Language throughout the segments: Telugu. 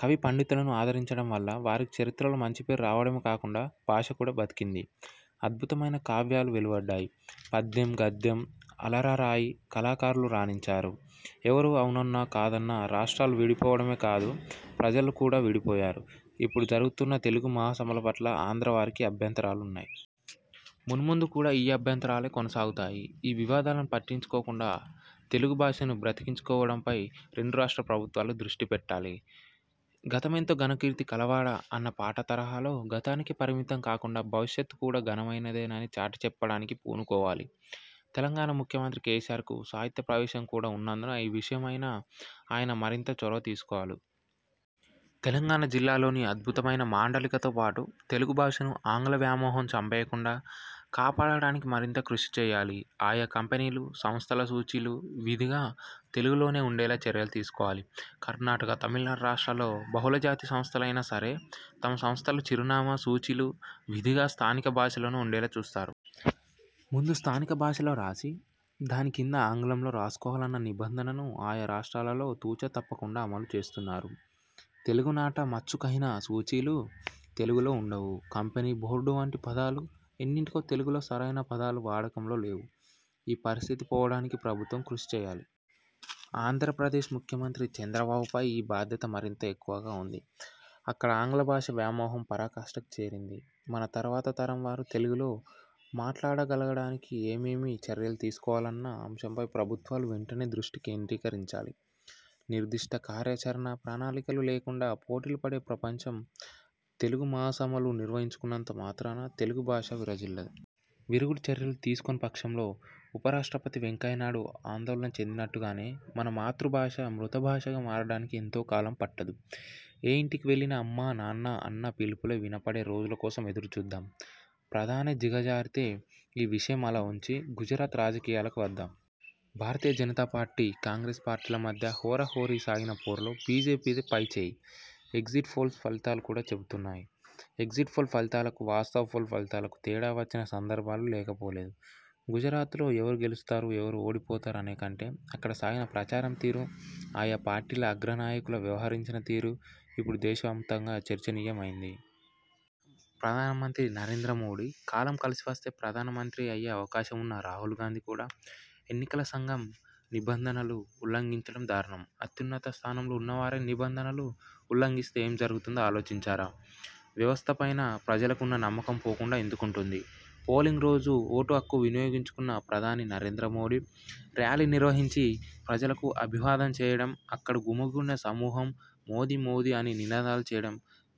కవి పండితులను ఆదరించడం వల్ల వారికి చరిత్రలో మంచి పేరు రావడమే కాకుండా భాష బతికింది. అద్భుతమైన కావ్యాలు వెలువడ్డాయి. పద్యం– గద్యం అలరారాయి. కళాకారులు రాణించారు. ఎవరు అవునన్నా కాదన్నా రాష్ర్టాలు విడిపోవడమే కాదు ప్రజలు కూడా విడిపోయారు. ఇప్పుడు జరుగుతున్న తెలుగు మహాసభల పట్ల ఆంధ్రవారికి అభ్యంతరాలు ఉన్నాయి. మున్ముందు కూడా ఈ అభ్యంతరాలే కొనసాగుతాయి. ఈ వివాదాలను పట్టించుకోకుండా తెలుగు భాషను బతికించుకోవడంపై రెండు రాష్ట్ర ప్రభుత్వాలు దృష్టి పెట్టాలి. 'గతమెంతో ఘనకీర్తి కలవాడ' అన్న పాట తరహాలో గతానికే పరిమితం కాకుండా భవిష్యత్తు కూడా ఘనమైనదేనని చాటిచెప్పడానికి పూనుకోవాలి. తెలంగాణ ముఖ్యమంత్రి కేసీఆర్కు సాహిత్య ప్రవేశం కూడా ఉన్నందున ఈ విషయమై ఆయన మరింత చొరవ తీసుకోవాలి. తెలంగాణ జిల్లాలలోని అద్భుతమైన మాండలికాలతో పాటు తెలుగు భాషను ఆంగ్ల వ్యామోహం చంపేయకుండా కాపాడటానికి మరింత కృషి చేయాలి. ఆయా కంపెనీలు, సంస్థల సూచీలు విధిగా తెలుగులోనే ఉండేలా చర్యలు తీసుకోవాలి. కర్ణాటక, తమిళనాడు రాష్ర్టాలలో బహుళ జాతి సంస్థలైనా సరే తమ సంస్థల చిరునామా సూచీలు విధిగా స్థానిక భాషలోనే ఉండేలా చూస్తారు. ముందు స్థానిక భాషలో రాసి దాని కింద ఆంగ్లంలో రాసుకోవాలన్న నిబంధనను ఆయా రాష్ర్టాలలో తు. చ. తప్పకుండా అమలు చేస్తున్నారు. తెలుగునాట మచ్చుకైనా సూచీలు తెలుగులో ఉండవు. కంపెనీ, బోర్డు వంటి పదాలు ఎన్నింటికో తెలుగులో సరైన పదాలు వాడకంలో లేవు. ఈ పరిస్థితి పోవడానికి ప్రభుత్వాలు కృషి చేయాలి. ఆంధ్రప్రదేశ్ ముఖ్యమంత్రి చంద్రబాబుపై ఈ బాధ్యత మరింత ఎక్కువగా ఉంది. అక్కడ ఆంగ్ల భాషా వ్యామోహం పరాకాష్టకు చేరింది. మన తర్వాత తరంవారు తెలుగులో మాట్లాడగలగడానికి ఏమేమి చర్యలు తీసుకోవాలన్న అంశంపై ప్రభుత్వాలు వెంటనే దృష్టి కేంద్రీకరించాలి. నిర్దిష్ట కార్యాచరణ ప్రణాళికలు లేకుండా పోటీలు పడి ప్రపంచ తెలుగు మహాసభలు నిర్వహించుకున్నంత మాత్రాన తెలుగు భాష విరాజిల్లదు. విరుగుడు చర్యలు తీసుకోని పక్షంలో ఉపరాష్ట్రపతి వెంకయ్యనాయుడు ఆందోళన చెందినట్టుగానే మన మాతృ భాష మృత భాషగా మారడానికి ఎంతో కాలం పట్టదు. ఏ ఇంటికి వెళ్లినా అమ్మా నాన్న అన్న పిలుపులే వినపడే రోజుల కోసం ఎదురుచూద్దాం. ప్రధానే దిగజారితే ఈ విషయం అలా ఉంచి, గుజరాత్ రాజకీయాలకు వద్దాం. భారతీయ జనతా పార్టీ– కాంగ్రెస్ పార్టీల మధ్య హోరాహోరీ సాగిన పోరులో బీజేపీదే పైచేయి అని ఎగ్జిట్ పోల్ ఫలితాలు చెబుతున్నాయి. ఎగ్జిట్ పోల్ ఫలితాలకు, వాస్తవ పోల్ ఫలితాలకు తేడా వచ్చిన సందర్భాలు లేకపోలేదు. గుజరాత్లో ఎవరు గెలుస్తారు– ఎవరు ఓడిపోతారు అనే కంటే అక్కడ సాగిన ప్రచారం తీరు, ఆయా పార్టీల అగ్ర నాయకులు వ్యవహరించిన తీరు ఇప్పుడు దేశవ్యాప్తంగా చర్చనీయాంశమయ్యింది. ప్రధానమంత్రి నరేంద్ర మోదీ– కాలం కలిసి వస్తే ప్రధానమంత్రి అయ్యే అవకాశం ఉన్న రాహుల్ గాంధీ కూడా ఎన్నికల నిబంధనలను యథేచ్ఛగా ఉల్లంఘించడం దారుణం. అత్యున్నత స్థానంలో ఉన్నవారే నిబంధనలను ఉల్లంఘిస్తే ఏమి జరుగుతుందో ఆలోచించారా? వ్యవస్థలపై ప్రజలకు నమ్మకం పోకుండా ఎందుకుంటుంది? పోలింగ్ రోజు ఓటు హక్కు వినియోగించుకున్న ప్రధాని నరేంద్ర మోదీ ర్యాలీ నిర్వహించి ప్రజలకు అభివాదం చేయడం, అక్కడ గుమిగూడిన సమూహం 'మోదీ మోదీ' అని నినాదాలు చేయడం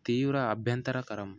తీవ్ర అభ్యంతరకరం!